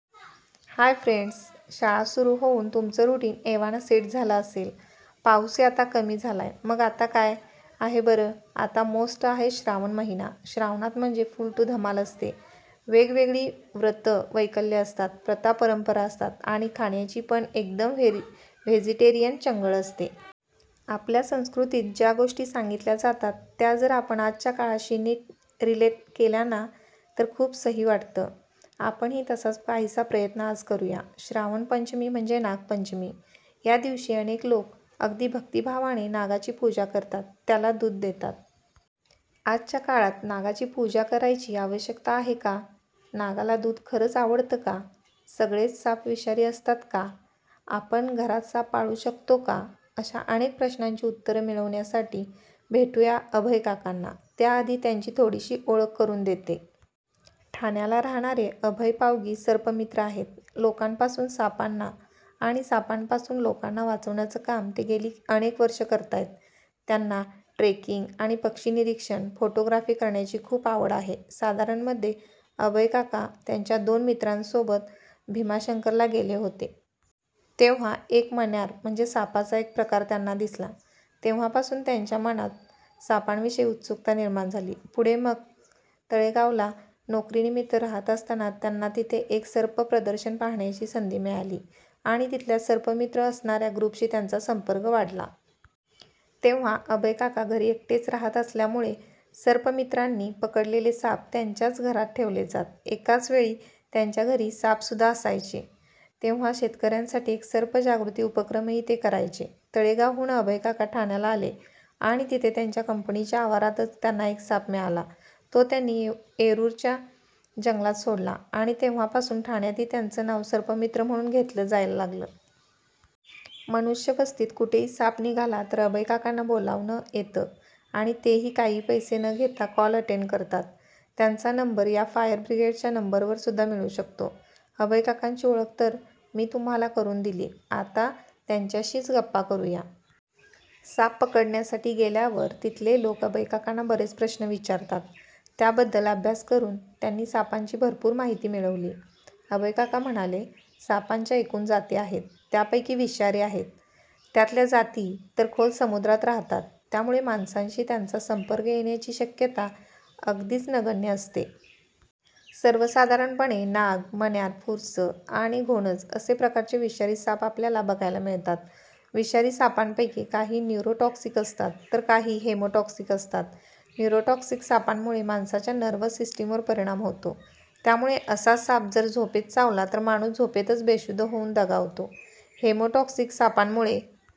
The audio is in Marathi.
हाय फ्रेंड्स! शाळा सुरु होऊन तुमचं रुटीन एव्हाना सेट झालं असेल. पाऊसही आता कमी झालाय. मग आता काय आहे बरं? आता मोस्ट आहे श्रावण महिना! श्रावणात म्हणजे फुल टू धमाल असते. वेग वेगळी व्रतं वैकल्य असतात, प्रथा परंपरा असतात आणि खाण्याची पण एकदम व्हेजिटेरियन चंगळ असते. आपल्या संस्कृतीत ज्या गोष्टी सांगितल्या जातात त्या जर आपण आजच्या काळाशी नीट रिलेट केल्या ना, तर खूप सही वाटतं. आपणही तसाच काहीसा प्रयत्न आज करूया. श्रावण पंचमी म्हणजे नाग पंचमी. या दिवशी अनेक लोक अगदी भक्तीभावाने नागाची पूजा करतात, त्याला दूध देतात. आजच्या काळात नागाची पूजा करायची आवश्यकता आहे का? नागाला दूध खरंच आवडतं का? सगळेच साप विषारी असतात का? आपण घरात साप पाळू शकतो का? अशा अनेक प्रश्नांची उत्तरं मिळवण्यासाठी भेटूया अभय काकांना. त्या आधी त्यांची थोडीशी ओळख करून देते. ठाण्याला राहणारे अभय पावगी सर्पमित्र आहेत. लोकांपासून सापांना आणि सापांपासून लोकांना वाचवण्याचं काम ते गेली अनेक वर्षं करतायत. त्यांना ट्रेकिंग, आणि पक्षी -निरीक्षण, फोटोग्राफी करण्याची खूप आवड आहे. साधारण मध्ये अभयकाका त्यांच्या दोन मित्रांसोबत भीमाशंकरला गेले होते. तेव्हा एक मण्यार म्हणजे सापाचा एक प्रकार त्यांना दिसली. तेव्हापासून त्यांच्या मनात सापां विषयी उत्सुकता निर्माण झाली. पुढे मग तळेगावला नोकरी निमित्त राहत असताना त्यांना तिथे एक सर्प प्रदर्शन पाहण्याची संधी मिळाली आणि तिथल्या सर्पमित्र असणाऱ्या ग्रुपशी त्यांचा संपर्क वाढला. तेव्हा अभय काका घरी एकटेच राहत असल्यामुळे सर्पमित्रांनी पकडलेले साप त्यांच्याच घरात ठेवले जात. एकाच वेळी त्यांच्या घरी साप सुद्धा असायचे! तेव्हा शेतकऱ्यांसाठी एक सर्प जागृती उपक्रमही ते करयचे. तळेगावहून अभयकाका ठाण्याला आले आणि तिथे त्यांच्या कंपनीच्या आवारातच त्यांना एक साप मिळाला, तो त्यांनी येऊरच्या जंगलात सोडला आणि तेव्हा पासून ठाण्यातही त्यांचं नाव सर्पमित्र म्हणून घेतलं जायला लागलं. मनुष्य वस्तीत कुठेही साप निघाला तर अभय काकांना बोलावणं येतं आणि तेही काहीही पैसे न घेता कॉल अटेंड करतात. त्यांचा नंबर या फायर ब्रिगेडच्या नंबरवर सुद्धा मिळू शकतो. अभय काकांची ओळख तर मी तुम्हाला करून दिली, आता त्यांच्याशीच गप्पा करूया. साप पकडण्यासाठी गेल्यावर तिथले लोक अभयकाकांना बरेच प्रश्न विचारात. त्याबद्दल अभ्यास करून त्यांनी सापांची भरपूर माहिती मिळवली. अभयकाका म्हणाले, सापांच्या एकूण जाती आहेत. त्यापैकी विषारी आहेत. त्यातल्या जाती तर खोल समुद्रात राहतात. त्यामुळे माणसांशी त्यांचा संपर्क येण्याची शक्यता अगदीच नगण्य असते. सर्वसाधारणपणे नाग, मण्यार, फुरसं आणि घोणस असे प्रकारचे विषारी साप आपल्याला बघायला मिळतात. विषारी सापांपैकी काही न्युरो टॉक्सिक असतात तर काही हेमो टॉक्सिक असतात. न्युरो टॉक्सिक सापांमुळे माणसाच्या नर्व्हस सिस्टीमवर परिणाम होतो. त्यामुळे असा साप जर झोपेत चावला तर माणूस झोपेतच बेशुद्ध होऊन दगावतो. Haemo toxic सापांमुळे